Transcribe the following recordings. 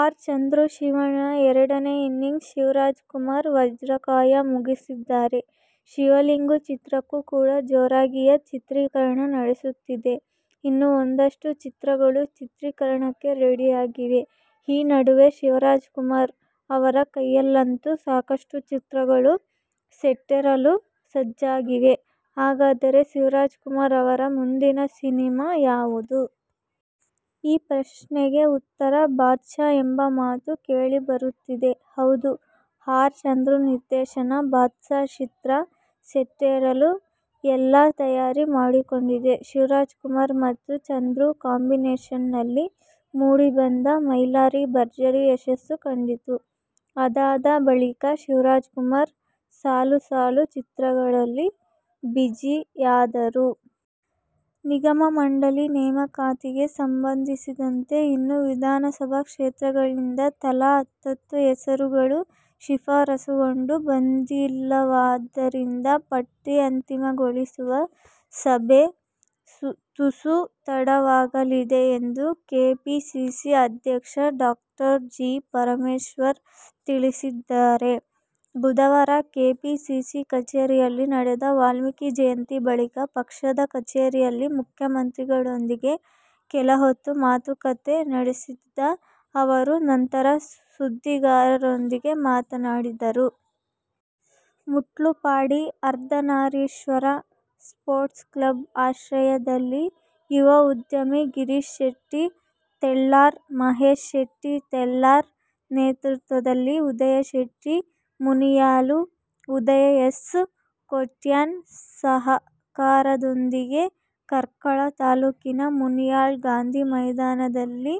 R. Chandru Shivanna ಎರಡನೇ innings, Shivarajkumar "Vajrakaya' ಮುಗಿಸಿದ್ದಾರೆ. "ಶಿವಲಿಂಗು' ಚಿತ್ರಕ್ಕೂ ಕೂಡ ಜೋರಾಗಿಯೇ ಚಿತ್ರೀಕರಣ ನಡೆಯುತ್ತಿದೆ. ಇನ್ನೂ ಒಂದಷ್ಟು ಚಿತ್ರಗಳು ಚಿತ್ರೀಕರಣಕ್ಕೆ ರೆಡಿಯಾಗಿವೆ. ಈ ನಡುವೆ ಶಿವರಾಜ್ಕುಮಾರ್ ಅವರ ಕೈಯಲ್ಲಂತೂ ಸಾಕಷ್ಟು ಚಿತ್ರಗಳು ಸೆಟ್ಟೇರಲು ಸಜ್ಜಾಗಿವೆ. ಹಾಗಾದರೆ ಶಿವರಾಜ್ಕುಮಾರ್ ಅವರ ಮುಂದಿನ ಸಿನಿಮಾ ಯಾವುದು? ಈ ಪ್ರಶ್ನೆಗೆ ಉತ್ತರ "ಬಾದ್ಷಾ' ಎಂಬ ಮಾತು ಕೇಳಿಬರುತ್ತಿದೆ. ಹೌದು, ಆರ್. ಚಂದ್ರು ನಿರ್ದೇಶನದ "ಬಾದ್ಷಾ' ಚಿತ್ರ ಸೆಟ್ಟೇರಲು ಎಲ್ಲಾ ತಯಾರಿ ಮಾಡಿಕೊಂಡಿದೆ. ಶಿವರಾಜ್ಕುಮಾರ್ ಮತ್ತು ಚಂದ್ರು ಕಾಂಬಿನೇಷನ್ನಲ್ಲಿ ಮೂಡಿ ಬಂದ "ಮೈಲಾರಿ' ಭರ್ಜರಿ ಯಶಸ್ಸು ಕಂಡಿತ್ತು. ಅದಾದ ಬಳಿಕ ಶಿವರಾಜ್ಕುಮಾರ್ ಸಾಲು ಸಾಲು ಚಿತ್ರಗಳಲ್ಲಿ ಬಿಜಿಯಾದರು. ನಿಗಮ ಮಂಡಳಿ ನೇಮಕಾತಿಗೆ ಸಂಬಂಧಿಸಿದಂತೆ ಇನ್ನೂ ವಿಧಾನಸಭಾ ಕ್ಷೇತ್ರಗಳಿಂದ ತಲಾ ಹತ್ತತ್ತು ಹೆಸರುಗಳು ಶಿಫಾರಸುಗೊಂಡು ಬಂದಿಲ್ಲವಾದ್ದರಿಂದ ಪಟ್ಟಿ ಅಂತಿಮಗೊಳಿಸುವ ಸಭೆ ತುಸು ತಡವಾಗಲಿದೆ ಎಂದು ಕೆಪಿಸಿಸಿ ಅಧ್ಯಕ್ಷ ಡಾ ಜಿ. ಪರಮೇಶ್ವರ್ ತಿಳಿಸಿದ್ದಾರೆ. ಬುಧವಾರ ಕೆಪಿಸಿಸಿ ಕಚೇರಿಯಲ್ಲಿ ನಡೆದ ವಾಲ್ಮೀಕಿ ಜಯಂತಿ ಬಳಿಕ ಪಕ್ಷದ ಕಚೇರಿಯಲ್ಲಿ ಮುಖ್ಯಮಂತ್ರಿಗಳೊಂದಿಗೆ ಕೆಲಹೊತ್ತು ಮಾತುಕತೆ ನಡೆಸಿದ ಅವರು, ನಂತರ ಸುದ್ದಿಗಾರರೊಂದಿಗೆ ಮಾತನಾಡಿದರು. ಮುಟ್ಲುಪಾಡಿ ಅರ್ಧನಾರೀಶ್ವರ ನ್ಪೋರ್ಟ್ಸ್ ಕ್ಲಬ್ ಆಶ್ರಯದಲ್ಲಿ ಯುವ ಉದ್ಯಮಿ ಗಿರೀಶ್ ಶೆಟ್ಟಿ ತೆಳ್ಳಾರ್, ಮಹೇಶ್ ಶೆಟ್ಟಿ ತೆಳ್ಳಾರ್ ನೇತೃತ್ವದಲ್ಲಿ ಉದಯ ಶೆಟ್ಟಿ ಮುನಿಯಾಲು, ಉದಯ ಎಸ್ ಕೋಟ್ಯಾನ್ ಸಹಕಾರದೊಂದಿಗೆ ಕಾರ್ಕಳ ತಾಲೂಕಿನ ಮುನಿಯಾಲು ಗಾಂಧಿ ಮೈದಾನಿನಲ್ಲಿ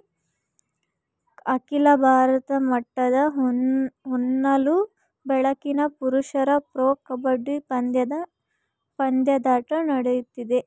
ಅಖೀಲ ಭಾರತ ಮಟ್ಟದ ಹೊನಲು ಬೆಳಕಿನ ಪುರುಷರ ಪ್ರೊ ಕಬಡ್ಡಿ ಪಂದ್ಯಾಟ ನಡೆಯುತ್ತಿದೆ.